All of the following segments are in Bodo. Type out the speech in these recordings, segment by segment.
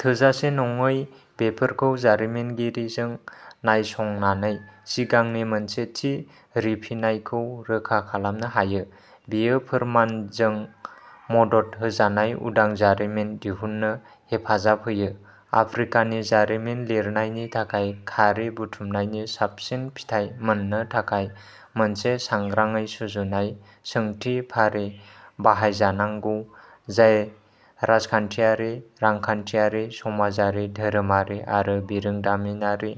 थोजासे नङै बेफोरखौ जारिमिनगिरिजों नायसंनानै सिगांनि मोनसे थि रिफिनायखौ रोखा खालामनो हायो। बेयो फोरमानजों मदद होजानाय उदां जारिमिन दिहुन्नो हेफाजाब होयो। आफ्रिकानि जारिमिन लिरनायनि थाखाय खारि बुथुमनायनि साबसिन फिथाय मोननो थाखाय मोनसे सांग्राङै सुजुनाय सोंथि फारि बाहायजानांगौ जाय राजखान्थियारि रांखान्थियारि समाजारि धोरोमारि आरो बिरोंदामिनारि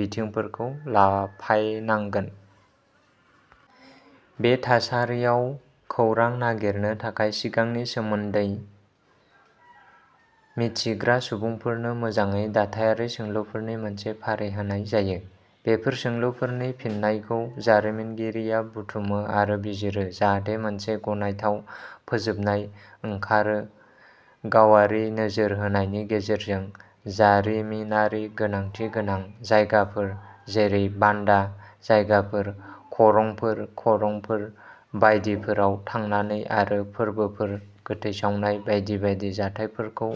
बिथिंफोरखौ लाफायनांगोन। बे थासारियाव खौरां नागिरनो थाखाय सिगांनि सोमोन्दै मिन्थिग्रा सुबुंफोरनो मोजाङै दाथायारि सोंलुफोरनि मोनसे फारि होनाय जायो। बेफोर सोंलुफोरनि फिननायखौ जारिमिनगिरिया बुथुमो आरो बिजिरो जाहाथे मोनसे गनायथाव फोजोबनाय ओंखारो गावारि नोजोर होनायनि गेजेरजों जारिमिनारि गोनांथि गोनां जायगाफोर जेरै बान्दा जायगाफोर खरंफोर खरंफोर बायदिफोराव थांनानै आरो फोरबोफोर गोथै सावनाय बायदि बायदि जाथायफोरखौ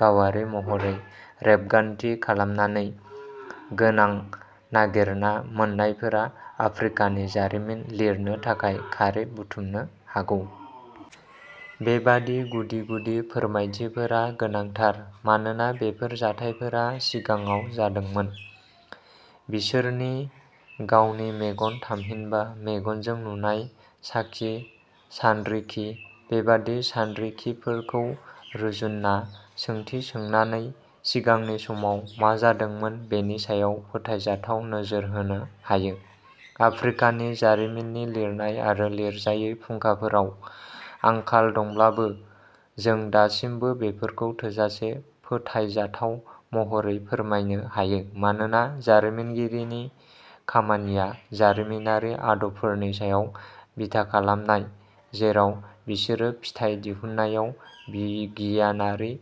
गावारि महरै रेबगान्थि खालामनानै गोनां नागिरना मोन्नायफोरा आफ्रिकानि जारिमिन लिरनो थाखाय खारि बुथुमनो हागौ। बेबादि गुदि-गुदि फोरमायथिफोरा गोनांथार मानोना बेफोर जाथायफोरा सिगाङाव जादोंमोन। बिसोरनि गावनि मेगन थामहिनबा मेगनजों नुनाय साखि सानरिखि। बेबादि सानरिखिफोरखौ रुजुना सोंथि सोंनानै सिगांनि समाव मा जादोंमोन बेनि सायाव फोथायजाथाव नोजोर होनो हायो। आफ्रिकानि जारिमिननि लिरनाय आरो लिरजायै फुंखाफोराव आंखाल दंब्लाबो जों दासिमबो बेफोरखौ थोजासे फोथायजाथाव महरै फोरमायनो हायो मानोना जारिमिनगिरिनि खामानिया जारिमिनारि आदबफोरनि सायाव बिथा खालामनाय जेराव बिसोरो फिथाइ दिहुननायाव बिगियानारि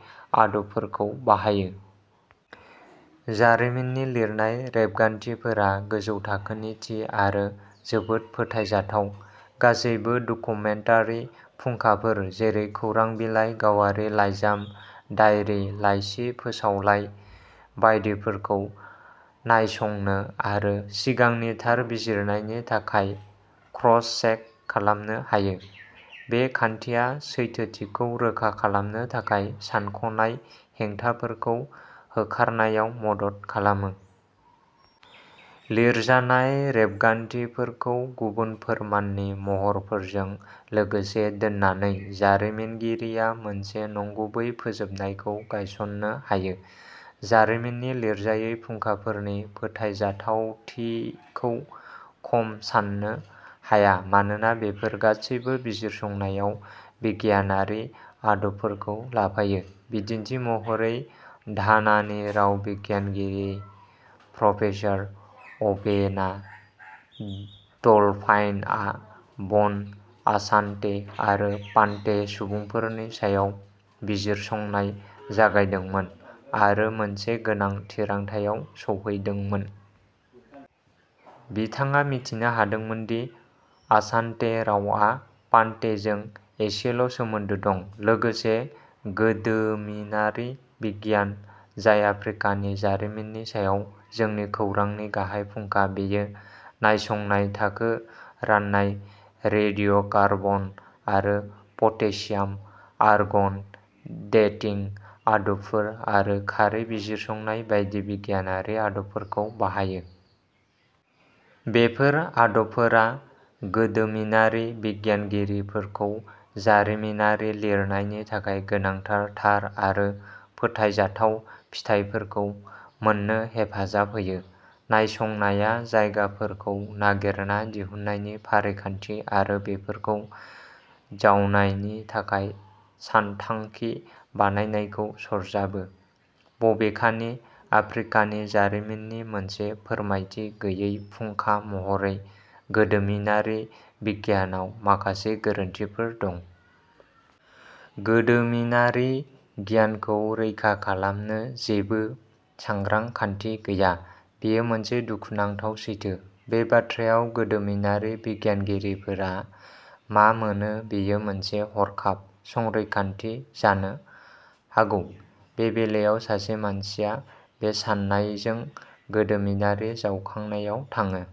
आदबफोरखौ बाहायो। जारिमिननि लिरनाय रेबगान्थिफोरा गोजौ थाखोनि थि आरो जोबोद फोथायजाथाव। गासैबो डकुमेन्टारि फुंखाफोर जेरै खौरां बिलाइ गावारि लाइजाम दाइरि लाइसि फोसावलाइ बायदिफोरखौ नायसंनो आरो सिगांनि थार बिजिरनायनि थाखाय क्रस चेक खालामनो हायो। बे खान्थिया सैथोथिखौ रोखा खालामनो थाखाय सानख'नाय, हेंथाफोरखौ होखारनायाव मदद खालामो। लिरजानाय रेबगान्थिफोरखौ गुबुन फोरमाननि महरफोरजों लोगोसे दोननानै जारिमिनगिरिया मोनसे नंगुबै फोजोबनायखौ गायसननो हायो। जारिमिननि लिरजायै फुंखाफोरनि फोथायजाथावथिखौ खम सान्नो हाया मानोना बेफोर गासैबो बिजिरसंनायाव बिगियानारि आदबफोरखौ लाफायो। बिदिन्थि महरै घानानि राव बिगियानगिरि प्रफेसार अबेना डल्फाइनआ बन आसान्ते आरो फान्ते सुबुंफोरनि सायाव बिजिरसंनाय जागायदोंमोन आरो मोनसे गोनां थिरांथायाव सौहैदोंमोन। बिथाङा मिथिनो हादोंमोन दि आसान्ते रावआ फान्तेजों एसेल सोमोन्दो दं। लोगोसे गोदोमिनारि बिगियान जाय आफ्रिकानि जारिमिननि सायाव जोंनि खौरांनि गाहाय फुंखा बेयो नायसंनाय थाखो राननाय रेडिय'कार्बन आरो पटेसियाम आर्गन डेटिं आदबफोर आरो खारि बिजिरसंनाय बायदि बिगियानारि आदबफोरखौ बाहायो। बेफोर आदबफोरा गोदोमिनारि बिगियानगिरिफोरखौ जारिमिनारि लिरनायनि थाखाय गोनांथार थार आरो फोथायजाथाव फिथाइफोरखौ मोननो हेफाजाब होयो। नायसंनाया जायगाफोरखौ नागिरना दिहुननायनि फारिखान्थि आरो बेफोरखौ जावनायनि थाखाय सानथांखि बानायनायखौ सरजाबो। बबेखानि आफ्रिकानि जारिमिननि मोनसे फोरमानथि गैयै फुंखा महरै गोदोमिनारि बिगियानाव माखासे गोरोन्थिफोर दं। गोदोमिनारि गियानखौ रैखा खालामनो जेबो सांग्रां खान्थि गैया बेयो मोनसे दुखुनांथाव सैथो। बे बाथ्रायाव गोदोमिनारि बिगियानगिरिफोरा मा मोनो बेयो मोनसे हरखाब संरैखाथि जानो हागौ। बे बेलायाव सासे मानसिया बे साननायजों गोदोमिनारि जावखांनायाव थाङो।